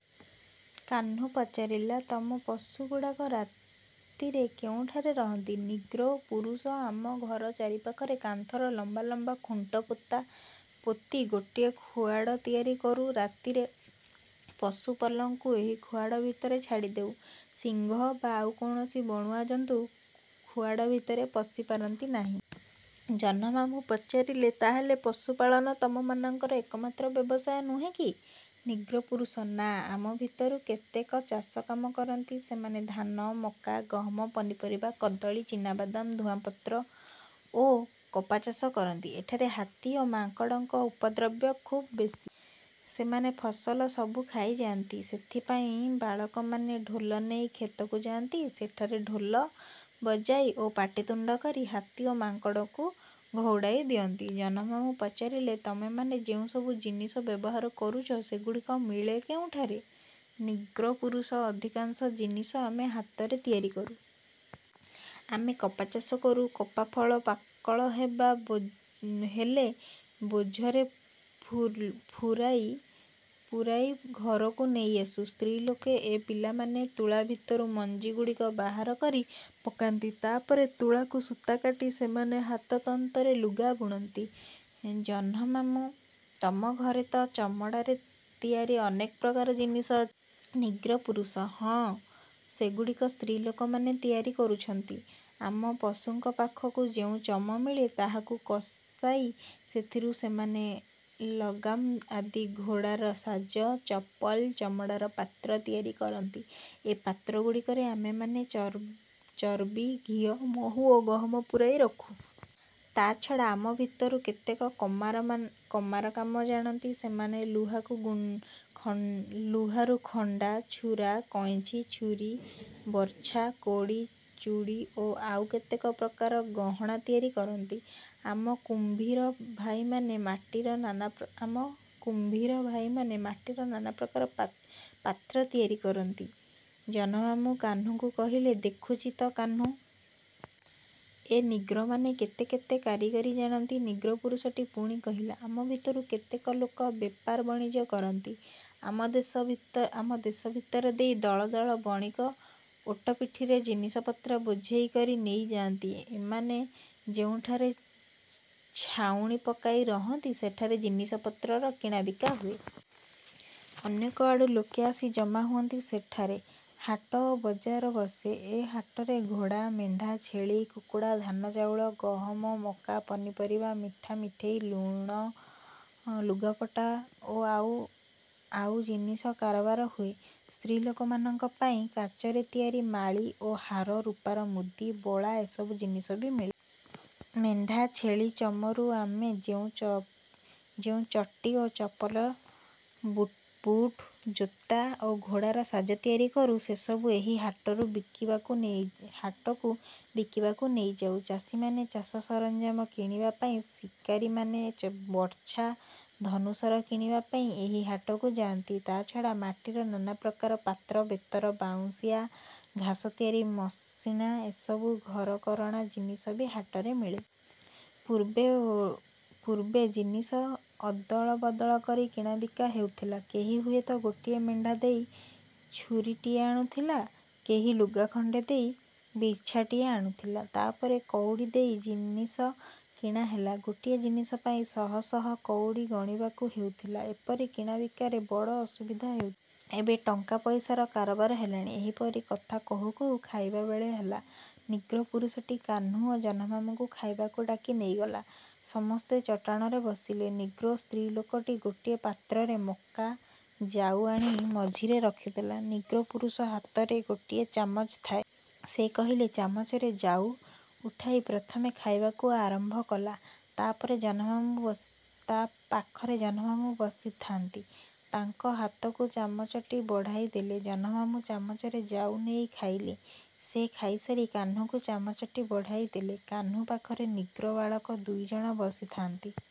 କାହ୍ନୁ ପଚାରିଲା–ତମ ପଶୁଗୁଡ଼ିକ ରାତିରେ କେଉଁଠାରେ ରହନ୍ତି? ନିଗ୍ରୋ ପୁରୁଷ–ଆମ ଘର ଚାରିପାଖରେ କାଠର ଲମ୍ବା ଲମ୍ବା ଖୁଣ୍ଟ ପୋତି ଗୋଟିଏ ଖୁଆଡ଼ ତିଆରି କରୁଁ। ରାତିରେ ପଶୁପଲଙ୍କୁ ଏହି ଖୁଆଡ଼ ଭିତରେ ଛାଡ଼ିଦେଉ। ସିଂହ ବା ଆଉ କୌଣସି ବଣୁଆ ଜନ୍ତୁ ଖୁଆଡ଼ ଭିତରେ ପଶିପାରନ୍ତି ନାହିଁ। ଜହ୍ନମାମୁଁ ପଚାରିଲେ–ତା'ହେଲେ ପଶୁପାଳନ ତମ ମାନଙ୍କର ଏକମାତ୍ର ବ୍ୟବସାୟ, ନୁହେଁ କି? ନିଗ୍ରୋ ପୁରୁଷ–ନା, ଆମ ଭିତରୁ କେତେକ ଚାଷକାମ କରନ୍ତି। ସେମାନେ ଧାନ, ମକା, ଗହମ, ପନିପରିବା, କଦଳୀ, ଚିନାବାଦାମ, ଧୂଆଁପତ୍ର ଓ କପାଚାଷ କରନ୍ତି। ଏଠାରେ ହାତୀ ଓ ମାଙ୍କଡ଼ଙ୍କ ଉପଦ୍ରବ ଖୁବ୍ ବେଶୀ। ସେମାନେ ଫସଲ ସବୁ ଖାଇଯାଆନ୍ତି। ସେଥିପାଇଁ ବାଳକମାନେ ଢୋଲ ନେଇ ଖେତକୁ ଯାଆନ୍ତି। ସେଠାରେ ଢୋଲ। ବଜାଇ ଓ ପାଟିତୁଣ୍ଡ କରି ହାତୀ ଓ ମାଙ୍କଡ଼ଙ୍କୁ ଘଉଡ଼ାଇ ଦିଅନ୍ତି। ଜହ୍ନମାମୁଁ ପଚାରିଲେ–ତମେମାନେ ଯେଉଁସବୁ ଜିନିଷ ବ୍ୟବହାର କରୁଛ, ସେଗୁଡ଼ିକ ମିଳେ କେଉଁଠାରେ? ନିଗ୍ରୋ ପୁରୁଷ–ଅଧିକାଂଶ ଜିନିଷ ଆମେ ହାତରେ ତିଆରି କରୁ। ଆମେ କପାଚାଷ କରୁ। କପାଫଳ ପାକଳ ହେଲେ ବୋଝରେ ପୂରାଇ ଘରକୁ ନେଇଆସୁ। ସ୍ତ୍ରୀଲୋକ ଓ ପିଲାମାନେ ତୁଳା ଭିତରୁ ମଞ୍ଜିଗୁଡ଼ିକ ବାହାର କରି ପକାନ୍ତି। ତା'ପରେ ତୁଳାରୁ ସୂତା କାଟି ସେମାନେ ହାତତନ୍ତରେ ଲୁଗା ବୁଣନ୍ତି। ଜହ୍ନମାମୁଁ–ତମ ଘରେ ତ ଚମଡ଼ାରେ ତିଆରି ଅନେକ ପ୍ରକାର ଜିନିଷ ଅଛି। ନିଗ୍ରୋ ପୁରୁଷ–ହଁ, ସେଗୁଡ଼ିକୁ ସ୍ତ୍ରୀଲୋକମାନେ ତିଆରି କରିଛନ୍ତି। ଆମ ପଶୁଙ୍କ ପାଖରୁ ଯେଉଁ ଚମ ମିଳେ ତାହାକୁ କଷାଇ ସେଥିରୁ ସେମାନେ ଲଗାମ ଆଦି ଘୋଡ଼ାର ସାଜ, ଚପଲ, ଚମଡ଼ାର ପାତ୍ର ତିଆରି କରନ୍ତି। ଏ ପାତ୍ରଗୁଡ଼ିକରେ ଆମେମାନେ ଚର୍ବି, ଘିଅ, ମହୁ ଓ ଗହମ ପୂରାଇ ରଖୁ। ତା'ଛଡ଼ା ଆମ ଭିତରୁ କେତେକ କମାର କାମ ଜାଣନ୍ତି। ସେମାନେ ଲୁହାରୁ ଖଣ୍ଡା, ଛୁରା, କଇଞ୍ଚି, ଛୁରୀ, ବର୍ଚ୍ଛା, କୋଡ଼ି, ଚୁଡ଼ି ଓ ଆଉ କେତେକ ପ୍ରକାର ଗହଣା ତିଆରି କରନ୍ତି। ଆମ କୁମ୍ଭୀର ଭାଇମାନେ ମାଟିର ନାନାପ୍ରକାର ପାତ୍ର ତିଆରି କରନ୍ତି। ଜହ୍ନମାମୁଁ କାହ୍ନୁକୁ କହିଲେ–ଦେଖୁଛୁ ତ କାହ୍ନୁ! ଏ ନିଗ୍ରୋମାନେ କେତେ କେତେ କାରିଗରି ଜାଣନ୍ତି? ନିଗ୍ରୋ ପୁରୁଷଟି ପୁଣି କହିଲା–ଆମ ଭିତରୁ କେତେକ ଲୋକ ବେପାର ବଣିଜ କରନ୍ତି-। ଆମ ଦେଶ ଭିତର ଦେଇ ଦଳ ଦଳ ବଣିକ ଓଟପିଠିରେ ଜିନିଷପତ୍ର ବୋଝେଇ କରି ନେଇ ଯାଆନ୍ତି। ଏମାନେ ଯେଉଁଠାରେ ଛାଉଣି ପକାଇ ରହନ୍ତି, ସେଠାରେ ଜିନିଷପତ୍ରର କିଣାବିକା ହୁଏ-। ଅନେକଆଡ଼ୁ ଲୋକେ ଆସି ଜମା ହୁଅନ୍ତି। ସେଠାରେ ହାଟ ଓ ବଜାର ବସେ। ଏ ହାଟରେ ଘୋଡ଼ା, ମେଣ୍ଢା, ଛେଳି, କୁକୁଡ଼ା, ଧାନଚାଉଳ, ଗହମ, ମକା, ପନିପରିବା, ପିଠା, ମିଠେଇ, ଲୁଣ, ଲୁଗାପଟା ଓ ଆଉ ଆଉ ଜିନିଷ କାରବାର ହୁଏ। ସ୍ତ୍ରୀଲୋକମାନଙ୍କ ପାଇଁ କାଚରେ ତିଆରି ମାଳି ଓ ହାର, ରୂପାର ମୁଦି, ବଳା ଏସବୁ ଜିନିଷ ବି ମିଳେ। ମେଣ୍ଢା ଛେଳି ଚମରୁ ଆମେ ଯେଉଁ ଚଟି ଓ ଚପଲ, ବୁଟଜୋତା ଓ ଘୋଡ଼ାର ସାଜ ତିଆରି କରୁ, ସେସବୁ ଏହି ହାଟକୁ ବିକିବାକୁ ନେଇଯାଉ। ଚାଷୀମାନେ ଚାଷ ସରଞ୍ଜାମ କିଣିବା ପାଇଁ, ଶିକାରୀମାନେ ବର୍ଚ୍ଛା, ଧନୁଶର କିଣିବା ପାଇଁ ଏହି ହାଟକୁ ଯାଆନ୍ତି। ତା'ଛଡ଼ା ମାଟିର ନାନାପ୍ରକାର ପାତ୍ର, ବେତର ବାଉଁଶିଆ, ଘାସ ତିଆରି ମସିଣା ଏସବୁ ଘରକରଣା ଜିନିଷ ବି ହାଟରେ ମିଳେ। ପୂର୍ବେ ଜିନିଷ ଅଦଳବଦଳ କରି କିଣାବିକା ହେଉଥିଲା। କେହି ହୁଏତ ଗୋଟିଏ ମେଣ୍ଢା ଦେଇ ଛୁରୀଟିଏ ଆଣୁଥିଲା। କେହି ଲୁଗା ଖଣ୍ଡେ ଦେଇ ବର୍ଚ୍ଛାଟିଏ ଆଣୁଥିଲା। ତା'ପରେ କଉଡ଼ି ଦେଇ ଜିନିଷ କିଣା ହେଲା। ଗୋଟିଏ ଜିନିଷ ପାଇଁ ଶହଶହ କଉଡ଼ି ଗଣିବାକୁ ହେଉଥିଲା। ଏପରି କିଣା ବିକାରେ ବଡ଼ ଅସୁବିଧା ହେଉଥିଲା। ଏବେ ଟଙ୍କା ପଇସାର କାରବାର ହେଲାଣି। ଏହିପରି କଥା କହୁ କହୁ ଖାଇବା ବେଳ ହେଲା। ନିଗ୍ରୋ ପୁରୁଷଟି କାହ୍ନୁ ଓ ଜହ୍ନମାମୁଁଙ୍କୁ ଖାଇବାକୁ ଡାକି ନେଇଗଲେ। ସମସ୍ତେ ଚଟାଣରେ ବସିଲେ। ନିଗ୍ରୋ ସ୍ତ୍ରୀଲୋକଟି ଗୋଟିଏ ପାତ୍ରରେ ମକା ଜାଉ ଆଣି ମଝିରେ ରଖିଦେଲା। ନିଗ୍ରୋ ପୁରୁଷ ହାତରେ ଗୋଟିଏ ଚାମଚ ଥାଏ। ସେ ସେହି ଚାମଚରେ ଜାଉ ଉଠାଇ ପ୍ରଥମେ ଖାଇବାକୁ ଆରମ୍ଭ କଲା। ତା'ପାଖରେ ଜହ୍ନମାମୁଁ ବସିଥାନ୍ତି। ତାଙ୍କ ହାତକୁ ଚାମଚଟି ବଢ଼ାଇଦେଲା। ଜହ୍ନମାମୁଁ ଚାମଚରେ ଜାଉ ନେଇ ଖାଇଲେ। ସେ ଖାଇସାରି କାହ୍ନୁକୁ ଚାମଚଟି ବଢ଼ାଇ ଦେଲେ। କାହ୍ନୁ ପାଖରେ ନିଗ୍ରୋ ବାଳକ ଦୁଇଜଣ ବସିଥାନ୍ତି।